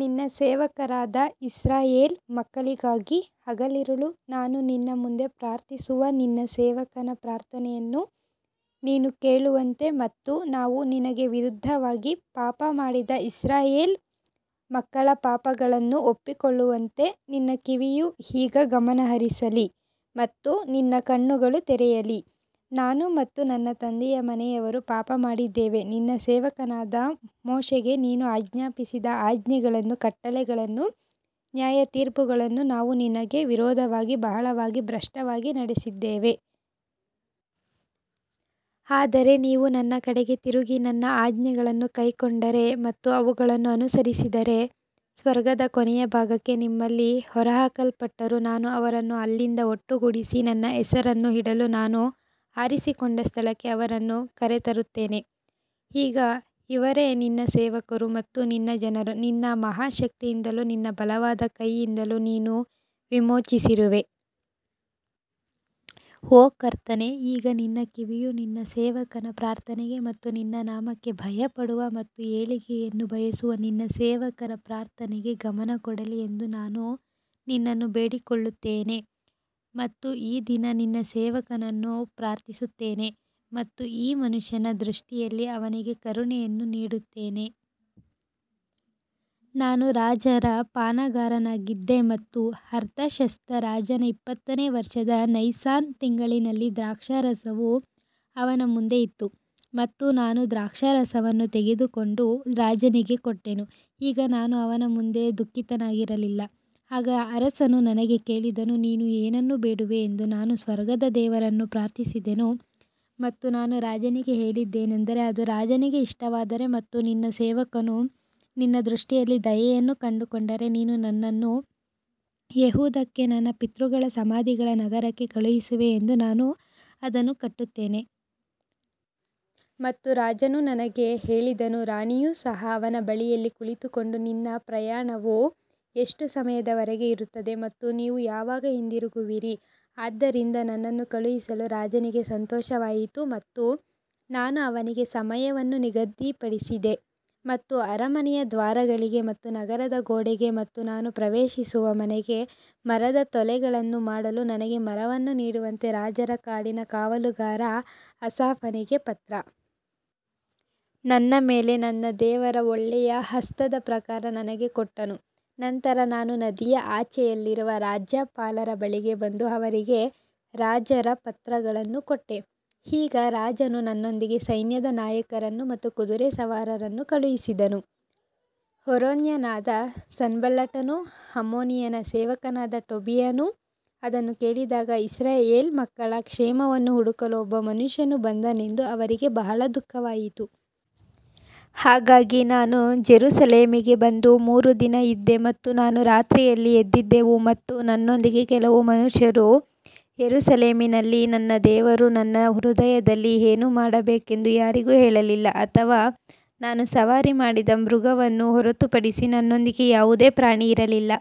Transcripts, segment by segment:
ನಿನ್ನ ಸೇವಕರಾದ ಇಸ್ರಾಯೇಲ್ ಮಕ್ಕಳಿಗಾಗಿ ಹಗಲಿರುಳು ನಾನು ನಿನ್ನ ಮುಂದೆ ಪ್ರಾರ್ಥಿಸುವ ನಿನ್ನ ಸೇವಕನ ಪ್ರಾರ್ಥನೆಯನ್ನು ನೀನು ಕೇಳುವಂತೆ ಮತ್ತು ನಾವು ನಿನಗೆ ವಿರುದ್ಧವಾಗಿ ಪಾಪ ಮಾಡಿದ ಇಸ್ರಾಯೇಲ್ ಮಕ್ಕಳ ಪಾಪಗಳನ್ನು ಒಪ್ಪಿಕೊಳ್ಳುವಂತೆ ನಿನ್ನ ಕಿವಿಯು ಈಗ ಗಮನಹರಿಸಲಿ ಮತ್ತು ನಿನ್ನ ಕಣ್ಣುಗಳು ತೆರೆಯಲಿ. ನಾನು ಮತ್ತು ನನ್ನ ತಂದೆಯ ಮನೆಯವರು ಪಾಪಮಾಡಿದ್ದೇವೆ ನಿನ್ನ ಸೇವಕನಾದ ಮೋಶೆಗೆ ನೀನು ಆಜ್ಞಾಪಿಸಿದ ಆಜ್ಞೆಗಳನ್ನೂ ಕಟ್ಟಳೆಗಳನ್ನೂ ನ್ಯಾಯತೀರ್ಪುಗಳನ್ನೂ ನಾವು ನಿನಗೆ ವಿರೋಧವಾಗಿ ಬಹಳವಾಗಿ ಭ್ರಷ್ಟವಾಗಿ ನಡೆಸಿದ್ದೇವೆ. ಆದರೆ ನೀವು ನನ್ನ ಕಡೆಗೆ ತಿರುಗಿ ನನ್ನ ಆಜ್ಞೆಗಳನ್ನು ಕೈಕೊಂಡರೆ ಮತ್ತು ಅವುಗಳನ್ನು ಅನುಸರಿಸಿದರೆ ಸ್ವರ್ಗದ ಕೊನೆಯ ಭಾಗಕ್ಕೆ ನಿಮ್ಮಲ್ಲಿ ಹೊರಹಾಕಲ್ಪಟ್ಟರೂ ನಾನು ಅವರನ್ನು ಅಲ್ಲಿಂದ ಒಟ್ಟುಗೂಡಿಸಿ ನನ್ನ ಹೆಸರನ್ನು ಇಡಲು ನಾನು ಆರಿಸಿಕೊಂಡ ಸ್ಥಳಕ್ಕೆ ಅವರನ್ನು ಕರೆತರುತ್ತೇನೆ. ಈಗ ಇವರೇ ನಿನ್ನ ಸೇವಕರು ಮತ್ತು ನಿನ್ನ ಜನರೂ ನಿನ್ನ ಮಹಾ ಶಕ್ತಿಯಿಂದಲೂ ನಿನ್ನ ಬಲವಾದ ಕೈಯಿಂದಲೂ ನೀನು ವಿಮೋಚಿಸಿರುವೆ. ಓ ಕರ್ತನೇ, ಈಗ ನಿನ್ನ ಕಿವಿಯು ನಿನ್ನ ಸೇವಕನ ಪ್ರಾರ್ಥನೆಗೆ ಮತ್ತು ನಿನ್ನ ನಾಮಕ್ಕೆ ಭಯಪಡುವ ಮತ್ತು ಏಳಿಗೆಯನ್ನು ಬಯಸುವ ನಿನ್ನ ಸೇವಕರ ಪ್ರಾರ್ಥನೆಗೆ ಗಮನ ಕೊಡಲಿ ಎಂದು ನಾನು ನಿನ್ನನ್ನು ಬೇಡಿಕೊಳ್ಳುತ್ತೇನೆ ಮತ್ತು ಈ ದಿನ ನಿನ್ನ ಸೇವಕನನ್ನು ಪ್ರಾರ್ಥಿಸುತ್ತೇನೆ ಮತ್ತು ಈ ಮನುಷ್ಯನ ದೃಷ್ಟಿಯಲ್ಲಿ ಅವನಿಗೆ ಕರುಣೆಯನ್ನು ನೀಡುತ್ತೇನೆ. ನಾನು ರಾಜರ ಪಾನಗಾರನಾಗಿದ್ದೆ ಮತ್ತು ಅರ್ತಷಸ್ತ ರಾಜನ ಇಪ್ಪತ್ತನೇ ವರ್ಷದ ನೈಸಾನ್ ತಿಂಗಳಿನಲ್ಲಿ ದ್ರಾಕ್ಷಾರಸವು ಅವನ ಮುಂದೆ ಇತ್ತು ಮತ್ತು ನಾನು ದ್ರಾಕ್ಷಾರಸವನ್ನು ತೆಗೆದುಕೊಂಡು ರಾಜನಿಗೆ ಕೊಟ್ಟೆನು ಈಗ ನಾನು ಅವನ ಮುಂದೆ ದುಃಖಿತನಾಗಿರಲಿಲ್ಲ. ಆಗ ಅರಸನು ನನಗೆ ಕೇಳಿದನು, ನೀನು ಏನನ್ನು ಬೇಡುವೆ ಎಂದು ನಾನು ಸ್ವರ್ಗದ ದೇವರನ್ನು ಪ್ರಾರ್ಥಿಸಿದೆನು ಮತ್ತು ನಾನು ರಾಜನಿಗೆ ಹೇಳಿದ್ದೇನೆಂದರೆ, ಅದು ರಾಜನಿಗೆ ಇಷ್ಟವಾದರೆ ಮತ್ತು ನಿನ್ನ ಸೇವಕನು ನಿನ್ನ ದೃಷ್ಟಿಯಲ್ಲಿ ದಯೆಯನ್ನು ಕಂಡುಕೊಂಡರೆ ನೀನು ನನ್ನನ್ನು ಯೆಹೂದಕ್ಕೆ ನನ್ನ ಪಿತೃಗಳ ಸಮಾಧಿಗಳ ನಗರಕ್ಕೆ ಕಳುಹಿಸುವೆ ಎಂದು ನಾನು ಅದನ್ನು ಕಟ್ಟುತ್ತೇನೆ. ಮತ್ತು ರಾಜನು ನನಗೆ ಹೇಳಿದನು, ರಾಣಿಯು ಸಹ ಅವನ ಬಳಿಯಲ್ಲಿ ಕುಳಿತುಕೊಂಡು ನಿನ್ನ ಪ್ರಯಾಣವು ಎಷ್ಟು ಸಮಯದವರೆಗೆ ಇರುತ್ತದೆ ಮತ್ತು ನೀವು ಯಾವಾಗ ಹಿಂದಿರುಗುವಿರಿ ಆದ್ದರಿಂದ ನನ್ನನ್ನು ಕಳುಹಿಸಲು ರಾಜನಿಗೆ ಸಂತೋಷವಾಯಿತು ಮತ್ತು ನಾನು ಅವನಿಗೆ ಸಮಯವನ್ನು ನಿಗದಿಪಡಿಸಿದೆ. ಮತ್ತು ಅರಮನೆಯ ದ್ವಾರಗಳಿಗೆ ಮತ್ತು ನಗರದ ಗೋಡೆಗೆ ಮತ್ತು ನಾನು ಪ್ರವೇಶಿಸುವ ಮನೆಗೆ ಮರದ ತೊಲೆಗಳನ್ನು ಮಾಡಲು ನನಗೆ ಮರವನ್ನು ನೀಡುವಂತೆ ರಾಜರ ಕಾಡಿನ ಕಾವಲುಗಾರ ಆಸಾಫನಿಗೆ ಪತ್ರ. ನನ್ನ ಮೇಲೆ ನನ್ನ ದೇವರ ಒಳ್ಳೆಯ ಹಸ್ತದ ಪ್ರಕಾರ ನನಗೆ ಕೊಟ್ಟನು ನಂತರ ನಾನು ನದಿಯ ಆಚೆಯಲ್ಲಿರುವ ರಾಜ್ಯಪಾಲರ ಬಳಿಗೆ ಬಂದು ಅವರಿಗೆ ರಾಜರ ಪತ್ರಗಳನ್ನು ಕೊಟ್ಟೆ, ಈಗ ರಾಜನು ನನ್ನೊಂದಿಗೆ ಸೈನ್ಯದ ನಾಯಕರನ್ನು ಮತ್ತು ಕುದುರೆ ಸವಾರರನ್ನು ಕಳುಹಿಸಿದನು. ಹೋರೋನ್ಯನಾದ ಸನ್ಬಲ್ಲಟನೂ ಅಮ್ಮೋನಿಯನ ಸೇವಕನಾದ ಟೋಬೀಯನೂ ಅದನ್ನು ಕೇಳಿದಾಗ ಇಸ್ರಾಯೇಲ್ ಮಕ್ಕಳ ಕ್ಷೇಮವನ್ನು ಹುಡುಕಲು ಒಬ್ಬ ಮನುಷ್ಯನು ಬಂದನೆಂದು ಅವರಿಗೆ ಬಹಳ ದುಃಖವಾಯಿತು. ಹಾಗಾಗಿ ನಾನು ಜೆರುಸಲೇಮಿಗೆ ಬಂದು ಮೂರು ದಿನ ಇದ್ದೆ ಮತ್ತು ನಾನು ರಾತ್ರಿಯಲ್ಲಿ ಎದ್ದಿದ್ದೆವು ಮತ್ತು ನನ್ನೊಂದಿಗೆ ಕೆಲವು ಮನುಷ್ಯರು ಯೆರೂಸಲೇಮಿನಲ್ಲಿ ನನ್ನ ದೇವರು ನನ್ನ ಹೃದಯದಲ್ಲಿ ಏನು ಮಾಡಬೇಕೆಂದು ಯಾರಿಗೂ ಹೇಳಲಿಲ್ಲ ಅಥವಾ ನಾನು ಸವಾರಿ ಮಾಡಿದ ಮೃಗವನ್ನು ಹೊರತುಪಡಿಸಿ ನನ್ನೊಂದಿಗೆ ಯಾವುದೇ ಪ್ರಾಣಿ ಇರಲಿಲ್ಲ.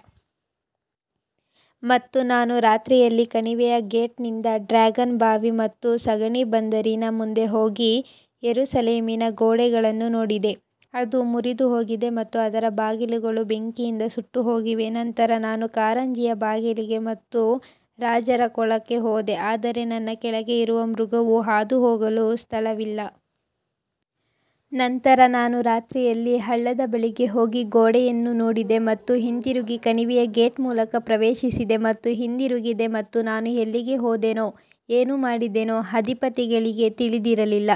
ಮತ್ತು ನಾನು ರಾತ್ರಿಯಲ್ಲಿ ಕಣಿವೆಯ ಗೇಟ್ನಿಂದ ಡ್ರ್ಯಾಗನ್ ಬಾವಿ ಮತ್ತು ಸಗಣಿ ಬಂದರಿನ ಮುಂದೆ ಹೋಗಿ ಯೆರೂಸಲೇಮಿನ ಗೋಡೆಗಳನ್ನು ನೋಡಿದೆ, ಅದು ಮುರಿದುಹೋಗಿದೆ ಮತ್ತು ಅದರ ಬಾಗಿಲುಗಳು ಬೆಂಕಿಯಿಂದ ಸುಟ್ಟುಹೋಗಿವೆ. ನಂತರ ನಾನು ಕಾರಂಜಿಯ ಬಾಗಿಲಿಗೆ ಮತ್ತು ರಾಜರ ಕೊಳಕ್ಕೆ ಹೋದೆ ಆದರೆ ನನ್ನ ಕೆಳಗೆ ಇರುವ ಮೃಗವು ಹಾದುಹೋಗಲು ಸ್ಥಳವಿಲ್ಲ. ನಂತರ ನಾನು ರಾತ್ರಿಯಲ್ಲಿ ಹಳ್ಳದ ಬಳಿಗೆ ಹೋಗಿ ಗೋಡೆಯನ್ನು ನೋಡಿದೆ ಮತ್ತು ಹಿಂತಿರುಗಿ ಕಣಿವೆಯ ಗೇಟ್ ಮೂಲಕ ಪ್ರವೇಶಿಸಿದೆ ಮತ್ತು ಹಿಂದಿರುಗಿದೆ ಮತ್ತು ನಾನು ಎಲ್ಲಿಗೆ ಹೋದೆನೋ ಏನು ಮಾಡಿದೆನೋ ಅಧಿಪತಿಗಳಿಗೆ ತಿಳಿದಿರಲಿಲ್ಲ,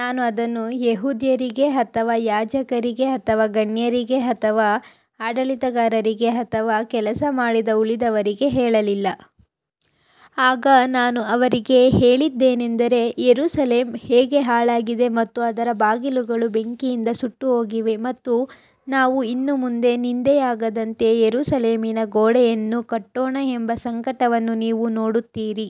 ನಾನು ಅದನ್ನು ಯೆಹೂದ್ಯರಿಗೆ ಅಥವಾ ಯಾಜಕರಿಗೆ ಅಥವಾ ಗಣ್ಯರಿಗೆ ಅಥವಾ ಆಡಳಿತಗಾರರಿಗೆ ಅಥವಾ ಕೆಲಸ ಮಾಡಿದ ಉಳಿದವರಿಗೆ ಹೇಳಲಿಲ್ಲ. ಆಗ ನಾನು ಅವರಿಗೆ ಹೇಳಿದ್ದೇನೆಂದರೆ, ಯೆರೂಸಲೇಮ್ ಹೇಗೆ ಹಾಳಾಗಿದೆ ಮತ್ತು ಅದರ ಬಾಗಿಲುಗಳು ಬೆಂಕಿಯಿಂದ ಸುಟ್ಟುಹೋಗಿವೆ ಮತ್ತು ನಾವು ಇನ್ನು ಮುಂದೆ ನಿಂದೆಯಾಗದಂತೆ ಯೆರೂಸಲೇಮಿನ ಗೋಡೆಯನ್ನು ಕಟ್ಟೋಣ ಎಂಬ ಸಂಕಟವನ್ನು ನೀವು ನೋಡುತ್ತೀರಿ.